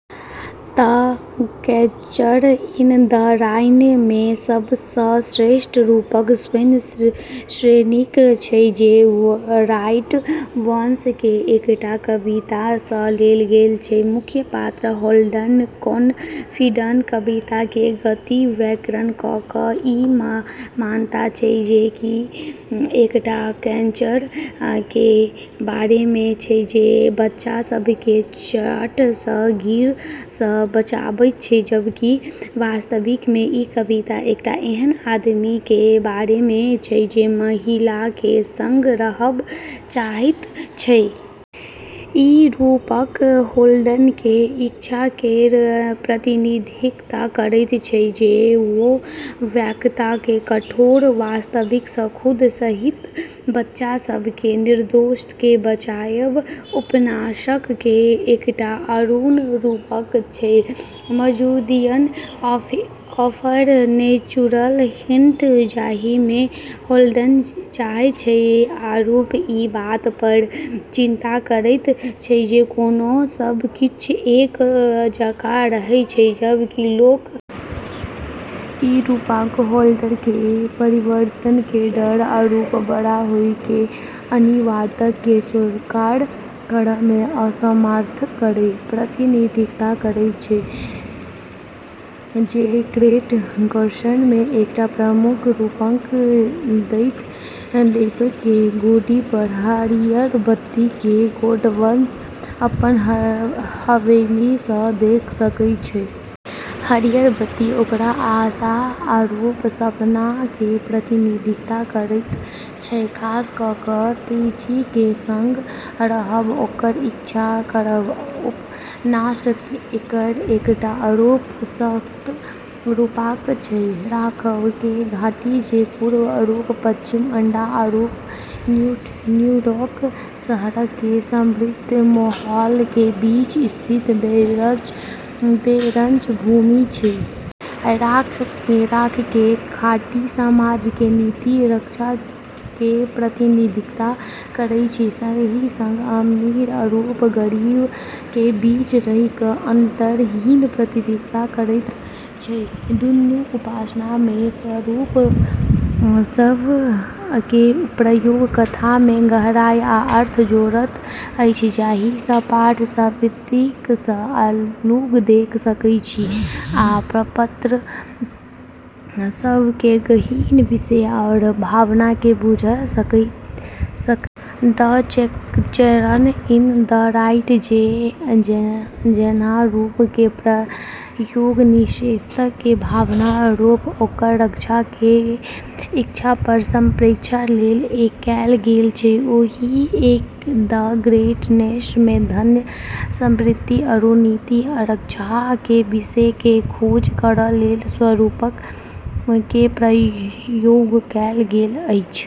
"The Catcher in the Rye" मे सब सँ स्पष्ट रूपक स्वयं शीर्षक छै, जे रॉबर्ट बर्न्स केर एकटा कविता सँ लेल गेल छै। मुख्य पात्र होल्डन कॉलफील्ड कविता केर गलत व्याख्या कऽ कऽ ई मानैत छै जे ई एकटा कैचर केर बारे मे छै जे बच्चा सभ केँ चट्टान सँ गिरै सँ बचाबैत छै, जबकि वास्तविकता मे ई कविता एकटा एहन आदमी केर बारे मे छै जे महिला केर संग रहब चाहैत छै। ई रूपक होल्डन केर इच्छा केर प्रतिनिधित्व करैत छै जे ओ वयस्कता केर कठोर वास्तविकता सँ खुद सहित बच्चा सभ केर निर्दोषता केँ बचाबय। उपन्यास केर एकटा आरू रूपक छै म्यूजियम ऑफ नेचुरल हिस्ट्री, जाहि मे होल्डन जाइत छै आरू ई बात पर चिंतन करैत छै जे कोना सब किछु एक जकाँ रहैत छै जबकि लोक ई रूपक होल्डन केर परिवर्तन केर डर आरू बड़ होए केर अनिवार्यता केँ स्वीकार करै मे असमर्थता केर प्रतिनिधित्व करैत छै। "द ग्रेट गैट्सबी" मे एकटा प्रमुख रूपक अछि डेजी केर गोदी पर हरियर बत्ती, जे गैट्सबी अपन हवेली सँ देख सकैत छथि। हरियर बत्ती ओकर आशा आरू सपना केर प्रतिनिधित्व करैत छै, खास कऽ कऽ डेजी केर संग रहब ओकर इच्छा केर। उपन्यास केर एकटा आरू सशक्त रूपक छै राख केर घाटी, जे पूर्व आरू पश्चिमी अंडा आरू न्यूयॉर्क शहर केर समृद्ध मोहल्ला केर बीच स्थित बंजर भूमि छेकै। राख केर घाटी समाज केर नैतिक क्षय केर प्रतिनिधित्व करैत छै, संगही संग अमीर आरू गरीब केर बीच केर अंतर केर भी प्रतिनिधित्व करैत छै। दुनू उपन्यास मे रूपक सभ केर प्रयोग कथा मे गहराई आ अर्थ जोड़ैत अछि, जाहि सँ पाठक सतह सँ आगू देख सकैत छथि आ पात्र सभ केर गहींर विषय आ भाव केँ बुझि सकैत छथि। "द कैचर इन द राई" मे जहाँ रूपक केर प्रयोग निर्दोषता केर भाव आरू ओकर रक्षा केर इच्छा केर संप्रेषण लेल कएल गेल छै, ओतही "द ग्रेट गैट्सबी" मे धन, सत्ता, आरू नैतिक क्षय केर विषय केर खोज करै लेल रूपक केर प्रयोग कएल गेल छै।